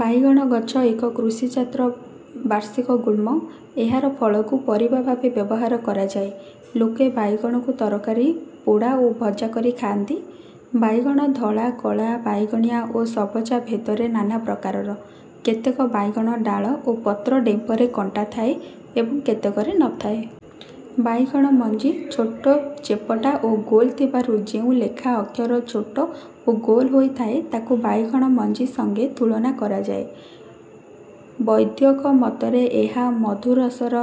ବାଇଗଣ ଗଛ ଏକ କୃଷି ଜାତ ବାର୍ଷିକ ଗୁଳ୍ମ। ଏହାର ଫଳକୁ ପରିବା ଭାବେ ବ୍ୟବହାର କରାଯାଏ। ଲୋକେ ବାଇଗଣକୁ ତରକାରୀ ପୋଡ଼ା ଓ ଭଜା କରି ଖାଆନ୍ତି। ବାଇଗଣ ଧଳା କଳା ବାଇଗଣିଆ ଓ ସବଜା ଭେଦରେ ନାନାପ୍ରକାର। କେତେକ ବାଇଗଣ ଡ଼ାଳ ଓ ପତ୍ର ଡ଼େମ୍ଫରେ କଣ୍ଟା ଥାଏ ଏବଂ କେତେକରେ ନ ଥାଏ। ବାଇଗଣ ମଞ୍ଜି ଛୋଟ ଚେପଟା ଓ ଗୋଲ ଥିବାରୁ ଯେଉଁ ଲେଖା ଅକ୍ଷର ଛୋଟ ଓ ଗୋଲ ହୋଇ ଥାଏ ତାକୁ ବାଇଗଣ ମଞ୍ଜି ସଙ୍ଗେ ତୁଳନା କରାୟାଏ। ବୈଦ୍ୟକମତରେ ଏହା ମଧୁରରସ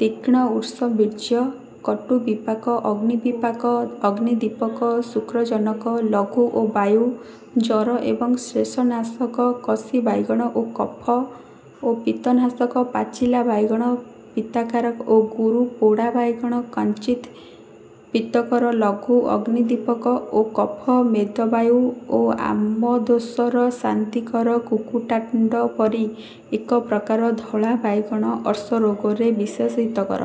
ତୀକ୍ଷ୍ଣ ଉଷ୍ଣବୀର୍ଯ୍ୟ କଟୁବିପାକ ଅଗ୍ନିବିପାକ ଅଗ୍ନିଦୀପକ ଶୁକ୍ରଜନକ ଲଘୁ ଓ ବାୟୁ ଜର ଏବଂ ଶ୍ଲେଷନାଶକ କଷି ବାଇଗଣ କଫ ଓ ପିତ୍ତନାଶକ ପାଚିଲା ବାଇଗଣ ପିତ୍ତକାରକ ଓ ଗୁରୁ ପୋଡ଼ା ବାଇଗଣ କିଞ୍ଚିତ୍ ପିତ୍ତକର ଲଘୁ ଅଗ୍ନିଦୀପକ ଓ କଫ ମେଦ ବାୟୁ ଓ ଆମଦୋଷର ଶାନ୍ତିକର କୁକୁଟାଣ୍ଡ ପରି ଏକ ପ୍ରକାର ଧଳା ବାଇଗଣ ଅର୍ଶରୋଗରେ ବିଶେଷ ହିତକର।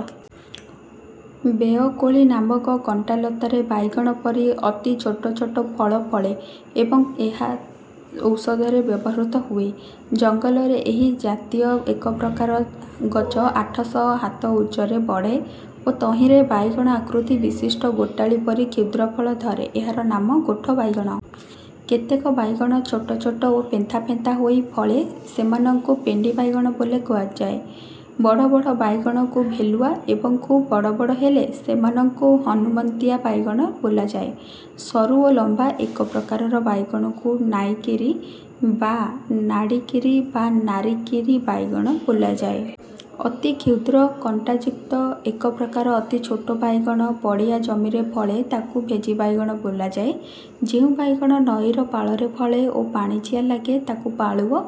ବେଏ କୋଳି ନାମକ କଣ୍ଟାଲତରେ ବାଇଗଣ ପରି ଅତି ଛୋଟ ଛୋଟ ଫଳ ଫଳେ ଏବଂ ତାହା ଔଷଧରେ ବ୍ୟବହୃତ ହୁଏ। ଜଙ୍ଗଲରେ ଏହି ଜାତୀଯ ଏକପ୍ରକାର ଗଛ ଆଠ ଦଶ ହାତ ଉଚ୍ଚରେ ବଢ଼େ ଓ ତହିଁରେ ବାଇଗଣ ଆକୃତି ବିଶିଷ୍ଟ ଗୋଟାଳି ପରି କ୍ଷୁଦ୍ରଫଳ ଧରେ ଏହାର ନାମ ଗୋଠ ବାଇଗଣ। କେତେକ ବାଇଗଣ ଛୋଟ ଛୋଟ ଓ ପେନ୍ଥା ପେନ୍ଥା ହୋଇ ଫଳେ ସେମାନଙ୍କୁ ପେଣ୍ଡୀ ବାଇଗଣ ବୋଲାଯାଏ। ବଡ଼ ବଡ଼ ବାଇଗଣକୁ ଭେଲୁଆ ଏବଂ ଖୁବ୍ ବଡ଼ ବଡ଼ ହେଲେ ସେମାନଙ୍କୁ ହନୁମନ୍ତିଆ ବାଇଗଣ ବୋଲାଯାଏ। ସରୁ ଓ ଲମ୍ବା ଏକପ୍ରକର ବାଇଗଣକୁ ନାଇକିରି ବା ନାଡ଼ିକିରି ବା ନାରିକିରି ବାଇଗଣ ବୋଲାଯାଏ। ଅତି କ୍ଷୁଦ୍ର କଣ୍ଟାୟୁକ୍ତ ଏକପ୍ରକାର ଅତି ଛୋଟ ବାଇଗଣ ପଡ଼ିଆ ଜମିରେ ଫଳେ ତାକୁ ଭେଜୀବାଇଗଣ ବୋଳାଯାଏ। ଯେଉଁ ବାଇଗଣ ନଈର ପାଳରେ ଫଳେ ଓ ପାଣିଚିଆ ଲାଗେ ତାକୁ ପାଳୁଅ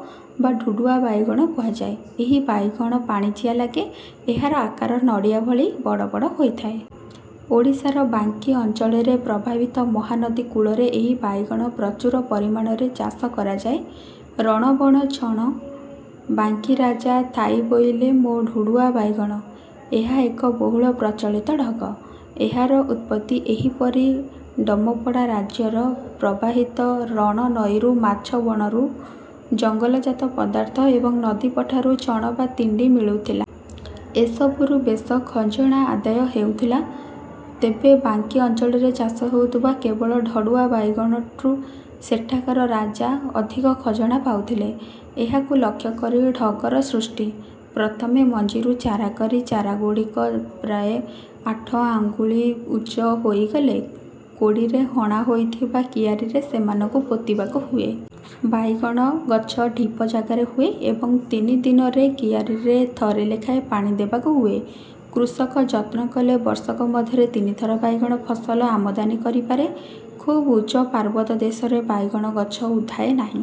ବା ଢୁଢୁଆ ବାଇଗଣ କୁହାଯାଏ। ଏହି ବାଇଗଣ ପାଣିଚିଆ ଲାଗେ। ଏହାର ଆକାର ନଡ଼ିଆ ଭଳି ବଡ଼ ବଡ଼ ହୋଇଥାଏ। ଓଡ଼ିଶାର ବାଙ୍କୀ ଅଞ୍ଚଳରେ ପ୍ରବାହିତ ମହାନଦୀ କୂଳରେ ଏହି ବାଇଗଣ ପ୍ରଚୁର ପରିମାଣରେ ଚାଷ କରାଯାଏ। ରଣ ବଣ ଛଣ। ବାଙ୍କୀରାଜା ଥାଇବୋଇଲେ ମୋ ଢଢ଼ୁଆ ବାଇଗଣ।। ଏହା ଏକ ବହୁଳ ପ୍ରଚଳିତ ଢଗ। ଏହାର ଉତ୍ପତି ଏହିପରି ଡମପଡ଼ା ରାଜ୍ୟରେ ପ୍ରବାହିତ ରଣ ନଈରୁ ମାଛ ବଣରୁ ଜଙ୍ଗଲ ଜାତ ପଦାର୍ଥ ଏବଂ ନଦୀ ପଠାରୁ ଛଣ ବା ତଣ୍ଡି ମିଳୁଥିଲା। ଏ ସବୁରୁ ବେଶ ଖଜଣା ଆଦାୟ ହେଉଥିଲା। ତେବେ ବାଙ୍କୀ ଅଞ୍ଚଳରେ ଚାଷ ହେଉଥିବା କେବଳ ଢଢ଼ୁଆ ବାଇଗଣରୁ ସେଠାକାର ରାଜା ଅଧିକ ଖଜଣା ପାଉଥିଲେ। ଏହାକୁ ଲକ୍ଷ୍ୟ କରି ଢଗର ସୃଷ୍ଟି। ପ୍ରଥମେ ମଞ୍ଜିରୁ ଚାରା କରି ଟାରାଗୁଡ଼ିକ ପ୍ରାଯ ଆଠ ଆଙ୍ଗୁଳ ଉଚ୍ଚ ହୋଇଗଲେ କୋଡ଼ିରେ ହଣା ହୋଇଥିବା କିଆରିରେ ସେମାନଙ୍କୁ ପୋତିବାକୁ ହୁଏ। ବାଇଗଣ ଗଛ ଢ଼ିପ ଯାଗାରେ ହୁଏ ଏବଂ ତିନି ଦିନରେ କିଆରିରେ ଥରେ ଲେଖାଏଁ ପାଣି ଦେବାକୁ ହୁଏ। କୃଷକ ୟତ୍ନ କଲେ ବର୍ଷକ ମଧ୍ୟରେ ତିନିଥର ବାଇଗଣ ଫସଲ ଆମଦାନି କରି ପାରେ। ଖୁବ୍ ଉଚ୍ଚ ପାର୍ବତ ଦେଶରେ ବାଇଗଣ ଗଛ ଉଧାଏ ନାହିଁ।